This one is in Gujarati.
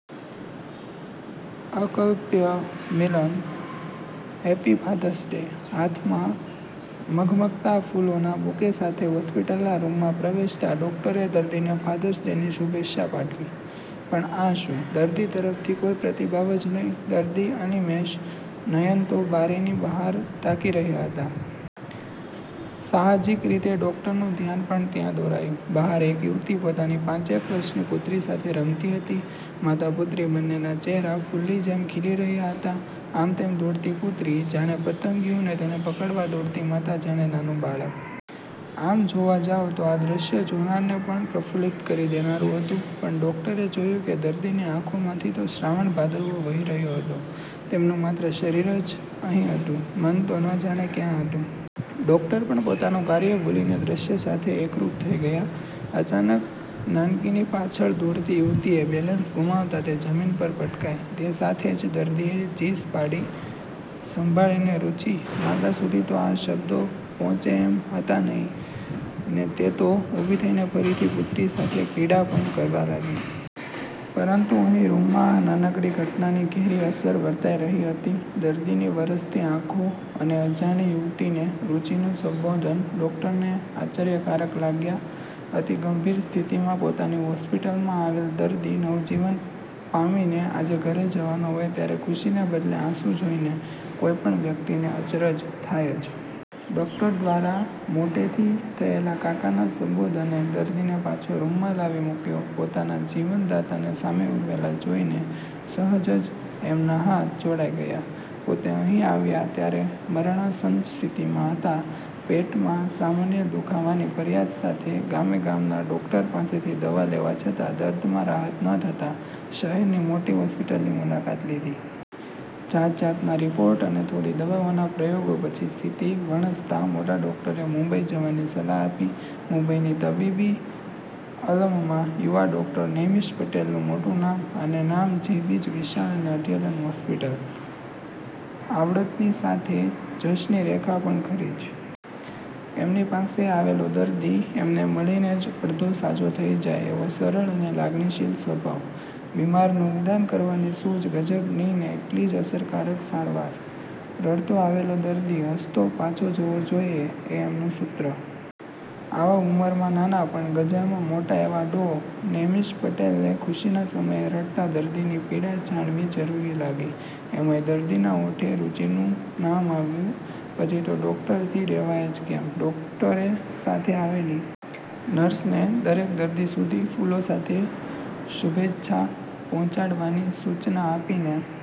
અકલ્પ્ય મિલન: "હેપ્પી ફાધર્સ ડે" હાથમાં મઘમઘતાં ફૂલોના બુકે સાથે હોસ્પિટલના રૂમમાં પ્રવેશતા ડોક્ટરે દર્દીને ફાધર્સ ડેની શુભેચ્છા પાઠવી. પણ આ શું? દર્દી તરફથી કોઈ પ્રતિભાવ જ નહીં! દર્દી અનિમેષ નયન તો બારીની બહાર તાકી રહ્યા હતા. સાહજિક રીતે ડોક્ટરનું ધ્યાન પણ ત્યાં દોરાયું. બહાર એક યુવતી પોતાની પાંચેક વર્ષની પુત્રી સાથે રમતી હતી. માતા-પુત્રી બંનેના ચહેરા ફૂલની જેમ ખીલી રહ્યા હતા. આમતેમ દોડતી પુત્રી, જાણે પતંગિયું ને તેને પકડવા દોડતી માતા જાણે નાનું બાળક! આમ જોવા જાવ તો આ દ્રશ્ય જોનારને પણ પ્રફુલ્લિત કરી દેનારું હતું. પણ ડોક્ટરે જોયું કે દર્દીની આંખોમાંથી તો શ્રાવણ-ભાદરવો વહી રહ્યો હતો. તેમનું માત્ર શરીર જ અહી હતું, મન તો ન જાણે ક્યાં હતું? ડૉક્ટર પણ પોતાનું કાર્ય ભૂલીને દ્રશ્ય સાથે એકરૂપ થઈ ગયા! અચાનક નાનકીની પાછળ દોડતી યુવતીએ બેલેન્સ ગુમાવતાં તે જમીન પર પટકાઈ. તે સાથે જ દર્દીએ ચીસ પાડી, "સંભાળીને રુચિ." માતા સુધી તો આ શબ્દો પહોંચે એમ હતા નહિ, ને તે તો ઊભી થઈને ફરીથી પુત્રી સાથે ક્રીડા પણ કરવા લાગી. પરતું અહી રૂમમાં આ નાનકડી ઘટનાની ઘેરી અસર વર્તાઈ રહી હતી. દર્દીની વરસતી આંખો અને અજાણી યુવતીને 'રુચિ'નું સંબોધન ડૉક્ટરને આશ્ચર્યકારક લાગ્યાં. અતિ ગંભીર સ્થિતિમાં પોતાની હોસ્પિટલમાં આવેલ દર્દી નવજીવન પામીને આજે ઘરે જવાનો હોય ત્યારે ખુશીને બદલે આંસુ જોઈને કોઈપણ વ્યક્તિને અચરજ થાય જ. ડૉક્ટર દ્વારા મોટેથી થયેલા 'કાકા'ના સંબોધને દર્દીને પાછો રૂમમાં લાવી મૂક્યો. પોતાના જીવનદાતાને સામે ઊભેલા જોઈને સહજ જ એમના હાથ જોડાઈ ગયા. પોતે અહી આવ્યા ત્યારે મરણાસન્ન સ્થિતિમાં હતા. પેટમાં સામાન્ય દુ:ખાવાની ફરિયાદ સાથે ગામેગામના ડૉક્ટર પાસેથી દવા લેવા છતાં દર્દમાં રાહત ન થતાં, શહેરની મોટી હોસ્પિટલની મુલાકાત લીધી. જાત-જાતના રીપોર્ટ અને થોડી દવાઓના પ્રયોગો પછી સ્થિતિ વણસતાં મોટા ડોક્ટરે મુંબઈ જવાની સલાહ આપી. મુંબઈની તબીબી આલમમાં યુવા ડૉક્ટર નૈમિષ પટેલનું મોટું નામ. અને નામ જેવી જ વિશાળ અને અદ્યતન હોસ્પિટલ! આવડતની સાથે જશની રેખા પણ ખરી જ! એમની પાસે આવેલો દર્દી એમને મળીને જ અડધો સાજો થઈ જાય એવો સરળ અને લાગણીશીલ સ્વભાવ. બિમારનું નિદાન કરવાની સૂઝ ગજબની ને એટલી જ અસરકારક સારવાર! "રડતો આવેલો દર્દી હસતો પાછો જવો જોઈએ" એ એમનું સૂત્ર. આવા ઉંમરમાં નાના પણ ગજામાં મોટા એવા ડૉ. નૈમિષ પટેલને ખુશીના સમયે રડતા દર્દીની પીડા જાણવી જરૂરી લાગી. એમાંય દર્દીના હોઠે 'રુચિ'નું નામ આવ્યું! પછી તો ડૉક્ટરથી રહેવાય જ કેમ? ડોક્ટરે સાથે આવેલી નર્સને દરેક દર્દી સુધી ફૂલો સાથે શુભેચ્છા પહોંચાડવાની સૂચના આપીને